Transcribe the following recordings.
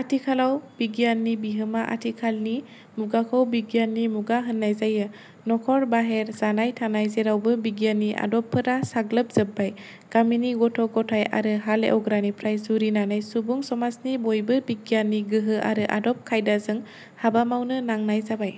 आथिखालाव बिगियाननि बिहोमा आथिखालनि मुगाखौ बिगियाननि मुगा होन्नाय जायो। न'खर, बाहेर, जानाय थानाय जेरावबो बिगियाननि आदबफोरा साग्लोबजोबबाय। गामिनि गथ' गथाय आरो हाल एवग्रानिफ्राय जुरिनानै सुबुं समाजनि बयबो बिगियाननि गोहो आरो आदब खायदाजों हाबा मावनो नांनाय जाबाय।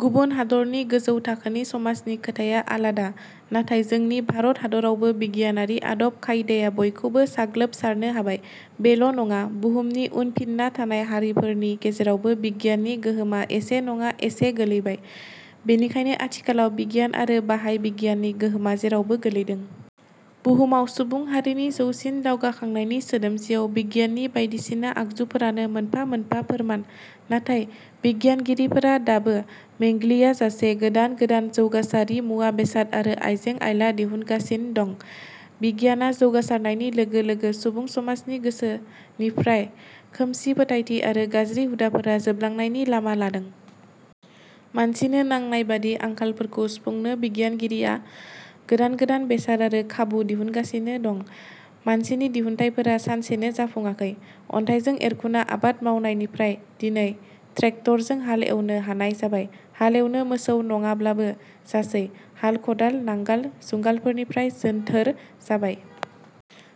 गुबुन हादरनि गोजौ थाखोनि समाजनि खोथाया आलादा, नाथाय जोंनि भारत हादरावबो बिगियानारि आदब खायदाया बयखौबो साग्लोबसारनो हाबाय। बेल' नङा, बुहुमनि उनफिन्ना थानाय हारिफोरनि गेजेरावबो बिगियाननि गोहोमा एसे नङा एसे गोलैबाय। बेनिखायनो आथिखालाव बिगियान आरो बाहाय बिगियाननि गोहोमा जेरावबो गोलैदों। बुहुमाव सुबुं हारिनि जौसिन दावगाखांनायनि सोदोमसियाव बिगियाननि बायदिसिना आगजुफोरानो मोनफा मोनफा फोरमान। नाथाय बिगियानगिरिफोरा दाबो _में ग्लियाजासे गोदान गोदान जौगासारि मुवा बेसाद आरो आइजें आइला दिहुनगासिन दं। बिगियाना जौगासारनायनि लोगो लोगो सुबुं समाजनि गोसोनिफ्राय खोमसि फोथायथि आरो गाज्रि हुदाफोरा जोबनांलांनायनि लामा लादों। मानसिनो नांनाय बादि आंखालफोरखौ सुफुंनो बिगियानगिरिया गोदान गोदान बेसाद आरो खाबु दिहुनगासिनो दं। मानसिनि दिहुनथाइफोरा सानसेनो जाफुङाखै। अन्थाइजों एरखुना आबाद मावनायनिफ्राय दिनै ट्रेक्टरजों हाल एवनो हानाय जाबाय। हाल एवनो मोसौ नङाब्लाबो जासै। हाल खदाल नांगाल जुंगालफोरनिफ्राय जोन्थोर जाबाय।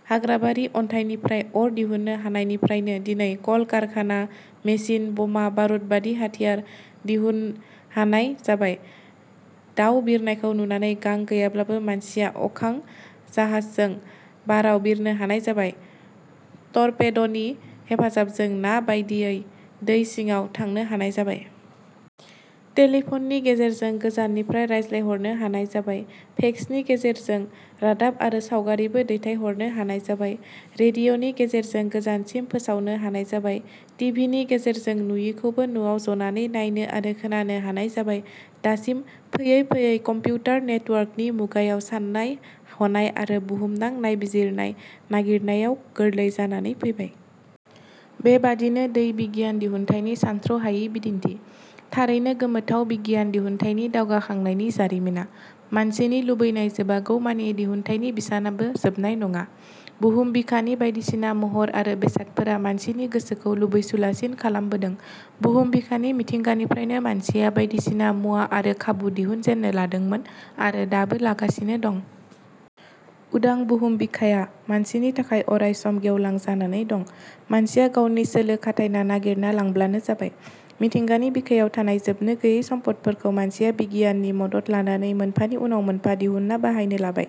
हाग्राबारि अन्थाइनिफ्राय अर दिहुन्नो हानायनिफ्रायनो दिनै कल कारखाना, मेसिन, बमा बारुदबादि हाथियार दिहुन्न हानाय जाबाय। दाउ बिरनायखौ नुनानै गां गैयाब्लाबो मानसिया अखां जाहाजजों बाराव बिरनो हानाय जाबाय। टरपेद'नि हेफाजाबजों ना बायदियै दै सिङाव थांनो हानाय जाबाय। टेलिफननि गेजेरजों गोजाननिफ्राय रायज्लायहरनो हानाय जाबाय, फेक्सनि गेजेरजों रादाब आरो सावगारिबो दैथाय हरनो हानाय जाबाय। रेडिअ'नि गेजेरजों गोजानसिम फोसावनो हानाय जाबाय, टिभिनि गेजेरजों नुयिखौबो न'आव जनानै नायनो आरो खोनानो हानाय जाबाय। दासिम फैयै फैयै कम्पिउटार नेटवर्कनि मुगायाव सान्नाय हनाय आरो बुहुमनां नायबिजिरनाय नायगिरनायाव गोरलै जानानै फैबाय। बेबादिनो दै बिगियान दिहुनथाइनि सान्थ्र 'हायि बिदिन्थि। थारैनो गोमोथाव बिगियान दिहुनथाइनि दावगाखांनायनि जारिमिना। मानसिनि लुबैनाय जोबागौमानि दिहुनथाइनि बिसानाबो जोबनाय नङा। बुहुम बिखानि बायदिसिना महर आरो बेसादफोरा मानसिनि गोसोखौ लुबैसुलासिन खालामबोदों। बुहुम बिखानि मिथिंगानिफ्रायनो मानसिया बायदिसिना मुवा आरो खाबु दिहुनजेन्नो लादोंमोन आरो दाबो लागासिनो दं। उदां बुहुम बिखाया मानसिनि थाखाय अराय सम गेवलां जानानै दं। मानसिया गावनि सोलो खाथायना नायगिरना लांब्लानो जाबाय। मिथिंगानि बिखायाव थानाय जोबनो गोयै सम्पदफोरखौ मानसिया बिगियाननि मदद लानानै मोनफानि उनाव मोनफा दिहुन्ना बाहायनो लाबाय।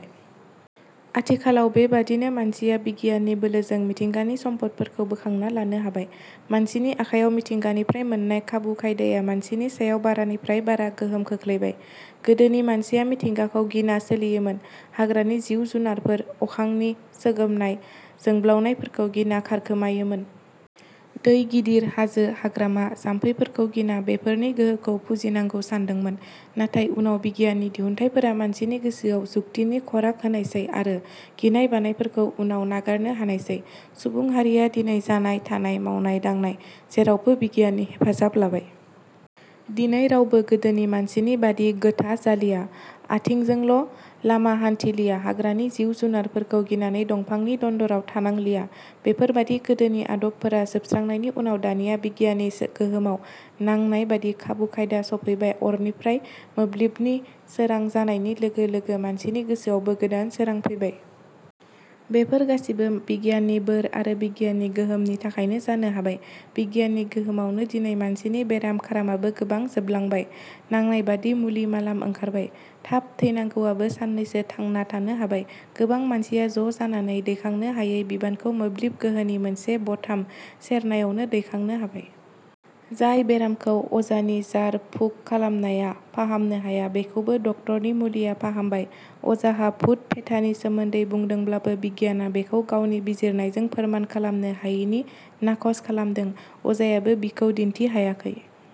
आथिखालाव बेबादिनो मानसिया बिगियाननि बोलोजों मिथिंगानि सम्पदफोरखौ बोखांना लानो हाबाय। मानसिनि आखाइयाव मिथिंगानिफ्राय मोन्नाय खाबु खायदाया मानसिनि सायाव बारानिफ्राय बारा गोहोम खोख्लैबाय। गोदोनि मानसिया मिथिंगाखौ गिना सोलियोमोन। हाग्रानि जिउ जुनारफोर, अखांनि सोगोमनाय जोंब्लाउनायफोरखौ गिना खारखोमायोमोन। दै गिदिर, हाजो, हाग्रामा जाम्फैफोरखौ गिना बेफोरनि गोहोखौ फुजिनांगौ सान्दोंमोन। नाथाय उनाव बिगियाननि दिहुनथाइफोरा मानसिनि गोसोआव जुक्तिनि खराग होनायसै आरो गिनाय बानायफोरखौ उनाव नारगारनो हानायसै। सुबुं हारिया दिनै जानाय थानाय, मावनाय दांनाय जेरावबो बिगियाननि हेफाजाब लाबाय। दिनै रावबो गोदोनि मानसिनि बादि गोथा जालिया, आथिंजोंल' लामा हान्थिलिया, हाग्रानि जिउ जुनारफोरखौ गिनानै दंफांनि दन्दराव थानांलिया। बेफोर बादि गोदोनि आदबफोरा जोबस्रांनायनि उनाव दानिया बिगियाननि गोहोमाव नांनाय बादि खाबु खायदा स'फैबाय। अरनिफ्राय मोब्लिबनि सोरां जानायनि लोगो लोगो मानसिनि गोसोआवबो गोदान सोरां फैबाय। बेफोर गासिबो बिगियाननि बोर आरो बिगियाननि गोहोमनि थाखायनो जानो हाबाय। बिगियाननि गोहोमावनो दिनै मानसिनि बेराम खारामाबो गोबां जोबलांबाय नांनाय बादि मुलि मालाम ओंखारबाय, थाब थैनांगौआबो सान्नैसो थांना थानो हाबाय। गोबां मानसिया ज' जानानै दैखांनो हायै बिबानखौ मोब्लिब गोहोनि मोनसे बथाम सेरनायावनो दैखांनो हाबाय। जाय बेरामखौ अजानि जार फुक खालामनाया फाहामनो हाया बेखौबो डाक्टरनि मुलिया फाहामबाय। अजाहा भुत फेथानि सोमोन्दै बुंदोंब्लाबो बिगियाना बेखौ गावनि बिजिरनायजों फोरमान खालामनो हायिनि नाखस खालामदों। अजायाबो बिखौ दिन्थि हायाखै।